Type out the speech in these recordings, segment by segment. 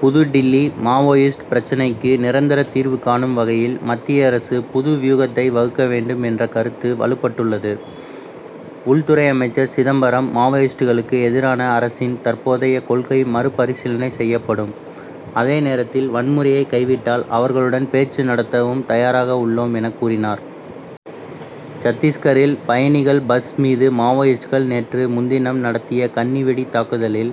புதுடில்லி Maoist பிரச்னைக்கு நிரந்தர தீர்வு காணும் வகையில் மத்திய அரசு புது வியூகத்தை வகுக்க வேண்டும் என்ற கருத்து வலுப்பட்டுள்ளது. உள்துறை அமைச்சர் சிதம்பரம் மாவோயிஸ்டுகளுக்கு எதிரான அரசின் தற்போதைய கொள்கை மறு பரிசீலனை செய்யப்படும். அதே நேரத்தில் வன்முறையை கைவிட்டால் அவர்களுடன் பேச்சு நடத்தவும் தயாராக உள்ளோம் என கூறினார். சத்திஸ்கரில் பயணிகள் பஸ் மீது மாவோயிஸ்டுகள் நேற்று முன்தினம் நடத்திய கண்ணி வெடி தாக்குதலில்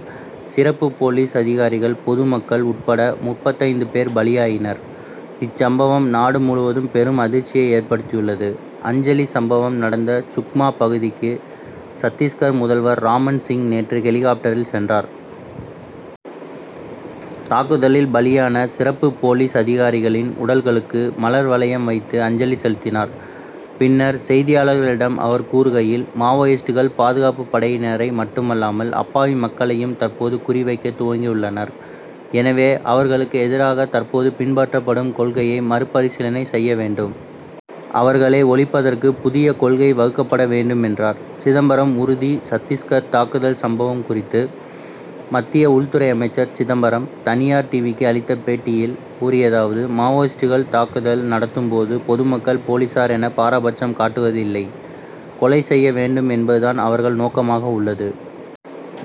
சிறப்பு போலீஸ் அதிகாரிகள் பொது மக்கள் உட்பட முப்பத்தைந்து பேர் பலியாயினர். இச்சம்பவம் நாடு முழுவதும் பெரும் அதிர்ச்சியை ஏற்படுத்தியுள்ளது. அஞ்சலி சம்பவம் நடந்த சுக்மா பகுதிக்கு சத்திஸ்கர் முதல்வர் ராமன் சிங் நேற்று ஹெலிகாப்டரில் சென்றார். தாக்குதலில் பலியான சிறப்பு போலீஸ் அதிகாரிகளின் உடல்களுக்கு மலர் வளையம் வைத்து அஞ்சலி செலுத்தினார். பின்னர் செய்தியாளர்களிடம் அவர் கூறுகையில் மாவோயிஸ்டுகள் பாதுகாப்பு படையினரை மட்டுமல்லாமல் அப்பாவி மக்களையும் தற்போது குறி வைக்க துவங்கியுள்ளனர். எனவே அவர்களுக்கு எதிராக தற்போது பின்பற்றப்படும் கொள்கையை மறுபரிசீலனை செய்ய வேண்டும். அவர்களை ஒழிப்பதற்கு புதிய கொள்கை வகுக்கப்பட வேண்டும் என்றார். சிதம்பரம் உறுதி சத்திஸ்கர் தாக்குதல் சம்பவம் குறித்து மத்திய உள்துறை அமைச்சர் சிதம்பரம் தனியார் டிவிக்கு அளித்த பேட்டியில் கூறியதாவது மாவோயிஸ்டுகள் தாக்குதல் நடத்தும்போது பொதுமக்கள் போலீசார் என பாரபட்சம் காட்டுவது இல்லை. கொலை செய்ய வேண்டும் என்பது தான் அவர்கள் நோக்கமாக உள்ளது.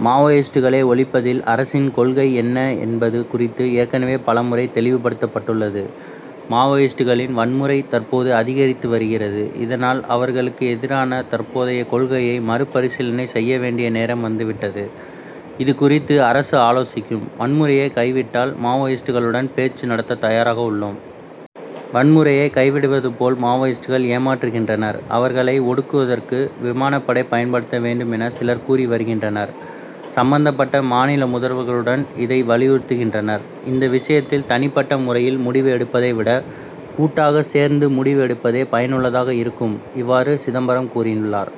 மாவோயிஸ்டுகளை ஒழிப்பதில் அரசின் கொள்கை என்ன என்பது குறித்து ஏற்கனவே பல முறை தெளிவுபடுத்தப்பட்டுள்ளது. மாவோயிஸ்டுகளின் வன்முறை தற்போது அதிகரித்து வருகிறது. இதனால் அவர்களுக்கு எதிரான தற்போதைய கொள்கையை மறு பரிசீலனை செய்ய வேண்டிய நேரம் வந்து விட்டது. இதுகுறித்து அரசு ஆலோசிக்கும். வன்முறையை கைவிட்டால் மாவோயிஸ்டுகளுடன் பேச்சு நடத்த தயாராக உள்ளோம். வன்முறையை கைவிடுவது போல் மாவோயிஸ்டுகள் ஏமாற்றுகின்றனர். அவர்களை ஒடுக்குவதற்கு விமானப்படை பயன்படுத்த வேண்டும் என சிலர் கூறி வருகின்றனர். சம்பந்தப்பட்ட மாநில முதல்வர்களும் இதை வலியுறுத்துகின்றனர். இந்த விஷயத்தில் தனிப்பட்ட முறையில் முடிவு எடுப்பதை விட கூட்டாக சேர்ந்து முடிவு எடுப்பதே பயனுள்ளதாக இருக்கும். இவ்வாறு சிதம்பரம் கூறியுள்ளார்.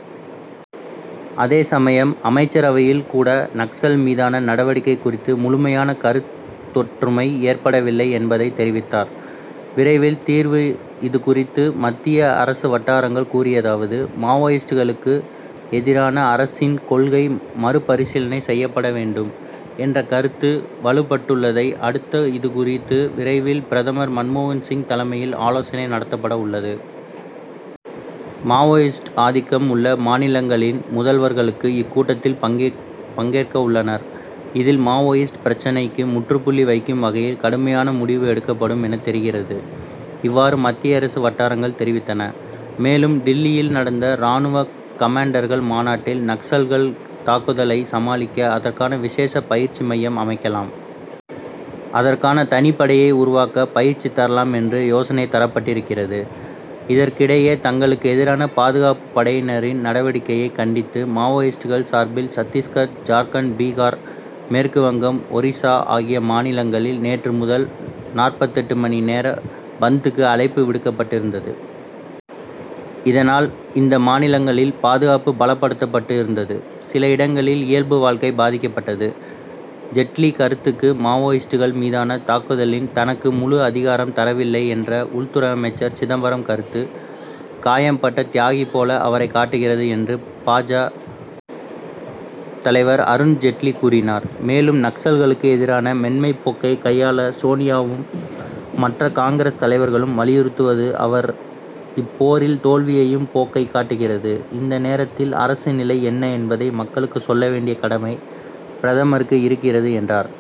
அதே சமயம் அமைச்சரவையில் கூட நக்சல் மீதான நடவடிக்கை குறித்து முழுமையான கருத்தொற்றுமை ஏற்படவில்லை என்பதைத் தெரிவித்தார். விரைவில் தீர்வு இதுகுறித்து மத்திய அரசு வட்டாரங்கள் கூறியதாவது மாவோயிஸ்டுகளுக்கு எதிரான அரசின் கொள்கை மறு பரிசீலனை செய்யப்பட வேண்டும் என்ற கருத்து வலுப்பட்டுள்ளதை அடுத்து இதுகுறித்து விரைவில் பிரதமர் மன்மோகன் சிங் தலைமையில் ஆலோசனை நடத்தப்பட உள்ளது. மாவோயிஸ்ட் ஆதிக்கம் உள்ள மாநிலங்களின் முதல்வர்களும் இக்கூட்டத்தில் பங்கேற்கவுள்ளனர். இதில் மாவோயிஸ்ட் பிரச்னைக்கு முற்றுப்புள்ளி வைக்கும் வகையில் கடுமையான முடிவு எடுக்கப்படும் என தெரிகிறது. இவ்வாறு மத்திய அரசு வட்டாரங்கள் தெரிவித்தன. மேலும் டில்லியில் நடந்த ராணுவ கமாண்டர்கள் மாநாட்டில் நக்சல்கள் தாக்குதலை சமாளிக்க அதற்கான விசேஷ பயிற்சி மையம் அமைக்கலாம். அதற்கான தனிப்படையை உருவாக்க பயிற்சி தரலாம் என்று யோசனை தரப்பட்டிருக்கிறது. இதற்கிடையே தங்களுக்கு எதிரான பாதுகாப்பு படையினரின் நடவடிக்கையை கண்டித்து மாவோயிஸ்டுகள் சார்பில் சத்திஸ்கர் ஜார்க்கண்ட் பீகார் மேற்கு வங்கம் ஒரிசா ஆகிய மாநிலங்களில் நேற்று முதல் நாற்பத்தெட்டு மணி நேர பந்த்துக்கு அழைப்பு விடுக்கப்பட்டு இருந்தது. இதனால் இந்த மாநிலங்களில் பாதுகாப்பு பலப்படுத்தப்பட்டு இருந்தது. சில இடங்களில் இயல்பு வாழ்க்கை பாதிக்கப்பட்டது. ஜெட்லி கருத்து மாவோயிஸ்டுகள் மீதான தாக்குதலில் தனக்கு முழு அதிகாரம் தரவில்லை என்ற உள்துறை அமைச்சர் சிதம்பரம் கருத்து காயம்பட்ட தியாகி போல அவரைக் காட்டுகிறது என்று பா. ஜ. தலைவர் அருண் ஜெட்லி கூறினார். மேலும் நக்சல்களுக்கு எதிராக மென்மைப் போக்கை கையாள சோனியாவும் மற்ற காங்கிரஸ் தலைவர்களும் வலியுறுத்துவது அவர் இப்போரில் தோல்வியடையும் போக்கை காட்டுகிறது. இந்த நேரத்தில் அரசு நிலை என்ன என்பதை மக்களுக்கு சொல்ல வேண்டிய கடமை பிரதமருக்கு இருக்கிறது என்றார்.